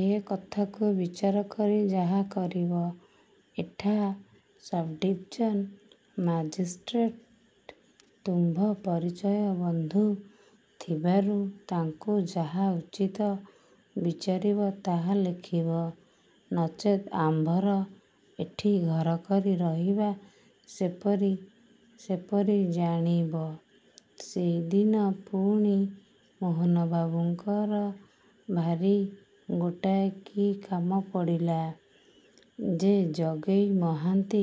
ଏ କଥାକୁ ବିଚାର କରି ଯାହା କରିବ। ଏଠା ସବ୍ଡ଼ିଭିଜନ ମାଜିଷ୍ଟ୍ରେଟ ତୁମ୍ଭ ପରିଚୟ ବନ୍ଧୁ ଥିବାରୁ ତାଙ୍କୁ ଯାହା ଉଚିତ ବିଚାରିବ ତାହା ଲେଖିବ। ନଚେତ ଆମ୍ଭର ଏଠି, ଘର କରି ରହିବା ସେପରି ସେପରି ଜାଣିବ। ସେଇଦିନ ପୁଣି ମୋହନବାବୁଙ୍କର ଭାରି ଗୋଟାଏ କି କାମ ପଡ଼ିଲା ଯେ ଜଗେଇ ମହାନ୍ତି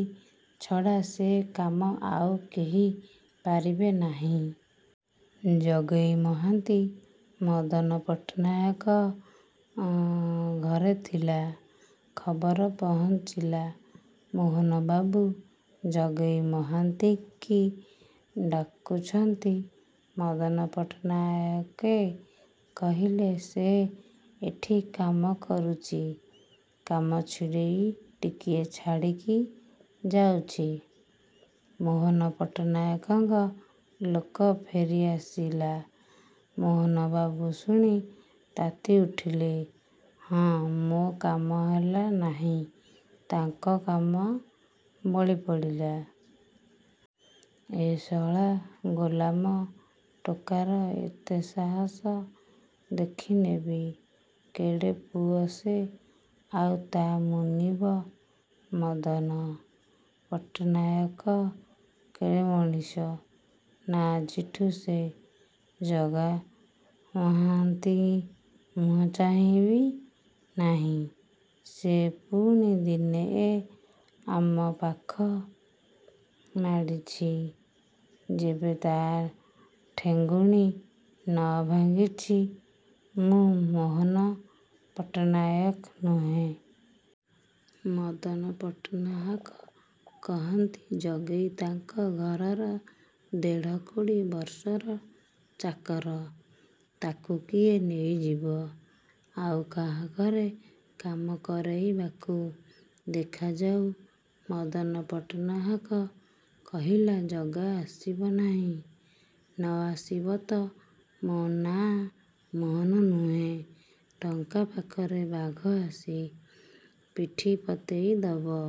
ଛଡ଼ା ସେ କାମ ଆଉ କେହି ପାରିବେ ନାହିଁ। ଜଗେଇ ମହାନ୍ତି ମଦନପଟ୍ଟନାୟକ ଘରେ ଥିଲା, ଖବର ପହଞ୍ଚିଲା। ମୋହନବାବୁ ଜଗେଇ ମହାନ୍ତିକି ଡାକୁଛନ୍ତି। ମଦନ ପଟ୍ଟନାୟକେ କହିଲେ–''ସେ ଏଠି କାମ କରୁଚି–କାମ ଛିଡ଼େଇ ଟିକିଏ ଛାଡ଼ିକି ଯାଉଛି। '' ମୋହନ ପଟ୍ଟନାୟକଙ୍କ ଲୋକ ଫେରି ଆସିଲା। ମୋହନବାବୁ ଶୁଣି ତାତି ଉଠିଲେ–''ହଁ, ମୋ କାମ ହେଲା ନାହିଁ, ତାଙ୍କ କାମ ବଳି ପଡ଼ିଲା। ଏ ଶଳା ଗୋଲାମ ଟୋକାର ଏତେ ସାହସ! ଦେଖି ନେବି କେଡ଼େ ପୁଅ ସେ–ଆଉ ତା' ମୁନିବ ମଦନ ପଟ୍ଟନାୟକ କେଡ଼େ ମଣିଷ। ନା, ଆଜିଠୁ ସେ ଜଗାମହାନ୍ତି ମୁହଁ ଚାହିଁବି ନାହିଁ। ସେ ପୁଣି ଦିନେ ଏ ଆମ ପାଖ ମାଡ଼ିଛି ଯେବେ ତା' ଠେଙ୍ଗୁଣି ନଭାଙ୍ଗିଛି ମୁଁ ମୋହନ ପଟ୍ଟନାୟକ ନୁହେଁ। ମଦନପଟ୍ଟନାହାକ କହନ୍ତି, ଜଗେଇ ତାଙ୍କ ଘରର ଦେଢ଼କୋଡ଼ି ବର୍ଷର ଚାକର, ତାକୁ କିଏ ନେଇଯିବ ଆଉ କାହାଘରେ କାମ କରେଇବାକୁ, ଦେଖାଯାଉ। ମଦନପଟ୍ଟନାହାକ କହିଲା, ଜଗା ଆସିବ ନାହିଁ। ନଆସିବ ତ ମୋ ନାଆଁ ମୋହନ ନୁହେଁ। ଟଙ୍କା ପାଖରେ ବାଘ ଆସି ପିଠି ପତେଇ ଦବ।